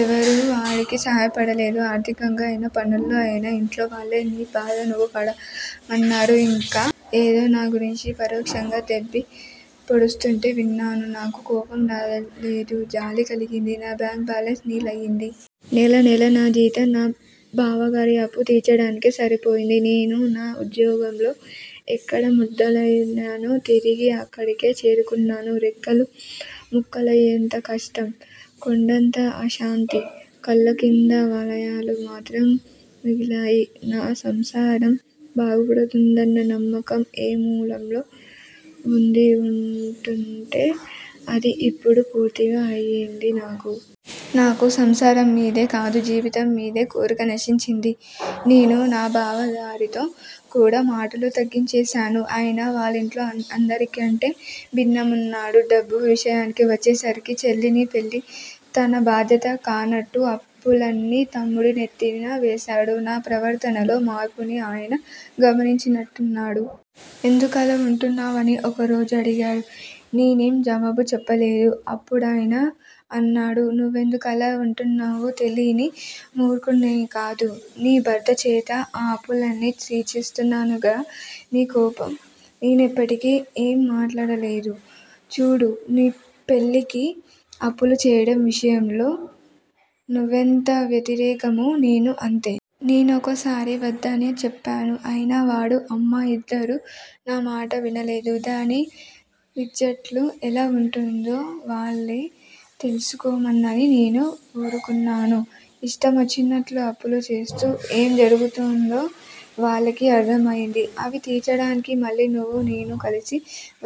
ఎవరూ వాడికి సాయపడలేదు. ఆర్థికంగా అయినా, పనుల్లో అయినా ఇంట్లో వాళ్ళే 'నీ బాధలు నువ్వు పడ' మన్నారు అని ఇంకా ఏదో నా గురించి పరోక్షంగా దెప్పి పొడుస్తుంటే విన్నాను. నాకు కోపం రాలేదు. జాలి కలిగింది. నా బ్యాంక్ బ్యాలెన్స్ నిల్ అయ్యింది. నెల నెలా నా జీతం నా బావగారి అప్పు తీర్చడానికే సరిపోయింది. నేను నా ఉద్యోగంలో ఎక్కడ మొదలయ్యానో తిరిగి అక్కడికే చేరుకున్నాను. రెక్కలు ముక్కలయ్యేంత కష్టం. కొండంత అశాంతి, కళ్ళకింద వలయాలు మాత్రం మిగిలాయి. నా సంసారం బాగుపడుతుందన్న నమ్మకం ఏమూలో వుండి వుండుంటే అది ఇప్పుడు పూర్తిగా పోయింది నాకు. నాకు సంసారం మీదే కాదు, జీవితం మీదే కోరిక నశించింది. నేను నా బావగారితో కూడా మాటలు తగ్గించేశాను. ఆయన వాళ్ళింట్లో అందరికంటే భిన్నమున్నాడు. డబ్బు విషయానికి వచ్చేసరికి చెల్లి ని పెళ్ళి తన బాధ్యత కానట్టు అప్పులన్నీ తమ్ముడి నెత్తిన వేశాడు. నా ప్రవర్తనలో మార్పుని ఆయన గమనించినట్టున్నాడు. ఎందుకలా వుంటున్నావని ఒక రోజు అడిగాడు. నేనేం జవాబు చెప్పలేదు. అప్పుడాయన అన్నాడు- నువ్వెందుకలా వుంటున్నావో తెలీని మూర్ఖుడిని కాదు. నీ భర్తచేత ఆ అప్పులన్నీ తీర్చేస్తున్నానుగా నీ కోపం? నేనప్పటికీ ఏం మాట్లాడలేదు. చూడు పెళ్ళికి అప్పులు చేయడం విషయంలో నువ్వెంత వ్యతిరేకమో నేనూ అంతే. నేనొకసారి వద్దని చెప్పాను. అయినా వాడు, అమ్మ, ఇద్దరూ నా మాట వినలేదు. దాని రిజట్లుఎలా వుంటుందో వాళ్ళనే తెలుసుకోనిమ్మని నేనూ వూరుకున్నాను. ఇష్టమొచ్చినట్లు అప్పులు చేస్తే ఏం జరుగుతుందో వాళ్ళకి అర్థమైంది. అవి తీర్చడానికి మళ్ళీ నువ్వు, నేనే కావలసి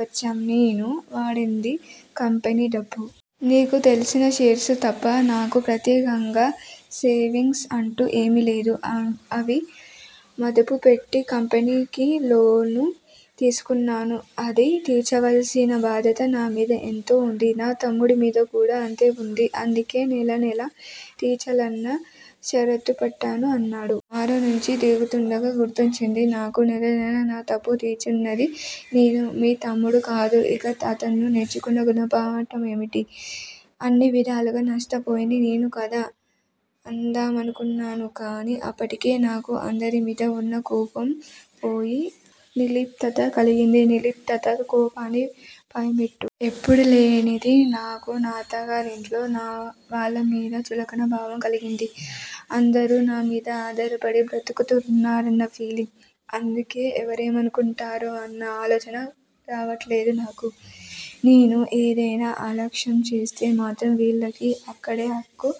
వచ్చాం. నేను వాడింది కంపెనీ డబ్బు. నీకు తెల్సిన 'షేర్స్' తప్ప నాకు ప్రత్యేకంగా సేవింగ్స్ అంటూ ఏమీలేవు. అవి మదుపు పెట్టి కంపెనీ లోన్ తీసుకున్నాను. అది తీర్చవలసిన బాధ్యత నా మీద ఎంత వుందో, నా తమ్ముడి మీద కూడా అంతేవుంది. అందుకే నెలనెలా తీర్చాలన్న షరతు పెట్టాను అన్నాడు. కారునుంచి దిగుతుండగా గుర్తొచ్చింది నాకు. నెల నెలా ఆ తప్పు తీరుస్తున్నది నేను. మీ తమ్ముడు కాదు. ఇక అతను నేర్చుకున్న గుణపాఠమేంటి? అన్ని విధాలా నష్టపోయింది నేను కదా! అందామనుకున్నాను కానీ అప్పటికే నాకు అందరిమీదా వున్న కోపం పోయి నిర్లిప్తత కలిగింది. నిర్లిప్తత కోపానికి పైమెట్టు. ఎప్పుడూ లేనిది నాకు నా అత్తగారి ఇంట్లో నా వాళ్ళమీద చులకనభావం కలిగింది. అందరూ నా మీద ఆధారపడి బ్రతుకుతున్నారన్న ఫీలింగ్. అందుకే ఎవరేమనుకుంటారో అన్న ఆలోచనలు రావట్లేదు నాకు. నేను ఏదైనా అలక్ష్యంచేస్తే మాత్రం వీళ్ళకి అడిగే హక్కు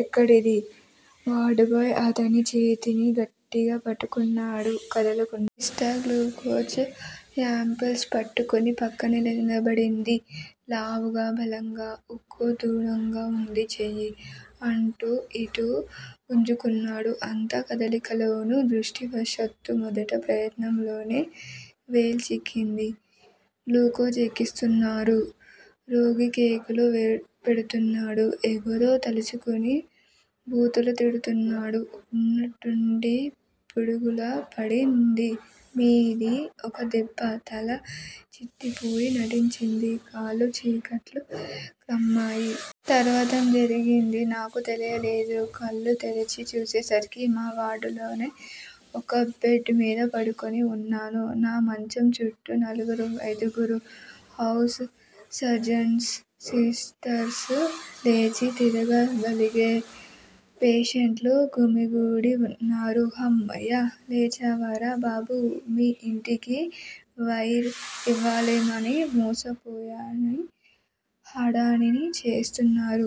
ఎక్కడిది? వార్డుబాయ్ అతని చేతిని గట్టిగా పట్టుకున్నాడు, కదలకుండా. సిస్టర్ గ్లూకోజ్ యాంపుల్స్ పట్టుకుని ప్రక్కన నిలబడింది. లావుగా, బలంగా, ఉక్కు దూలంగా వుంది చెయ్యి. అటూ యిటూ గింజుకుంటున్నాడు. అంత కదిలికలోనూ దృష్టవశాత్తూ మొదటి ప్రయత్నంలోనే వెయిన్ చిక్కింది. గ్లూకోజ్ ఎక్కిస్తున్నారు. రోగి కేకలు పెడుతున్నాడు. ఎవర్నో తలుచుకుని బూతులు తిడుతున్నాడు. ఉన్నట్లుండి పిడుగులా పడింది మీద ఒక దెబ్బ, తల చిట్లిపోయి నట్లయింది, కళ్ళు చీకట్లు క్రమ్మాయి. తర్వాత జరిగిందీ నాకు తెలియలేదు. కళ్ళు తెరచి చూసేసరికి మా వార్డులోనే ఒక బెడ్ మీద పడుకుని వున్నాను. నా మంచం చుట్టూ నలుగురయిదుగురు హౌస్ సర్జన్లూ,, లేచి తిరగ గలిగే పేషెంట్లూ గుమిగూడి వున్నారు. హమ్మయ్య! లేచారా బాబూ! మీ యింటికి వైర్ ఇవ్వాలేమోనని హడలి చస్తున్నాం.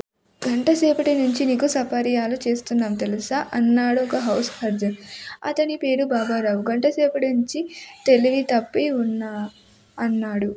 గంటసేపట్నుంచీ నీకు సపర్యలు చేస్తున్నాం, తెలుసా? అన్నాడు ఒక హౌస్ సర్జన్. అతని పేరు బాబూరావు. గంటసేపట్నుంచీ తెలివి తప్పి వున్నానా? అన్నాడు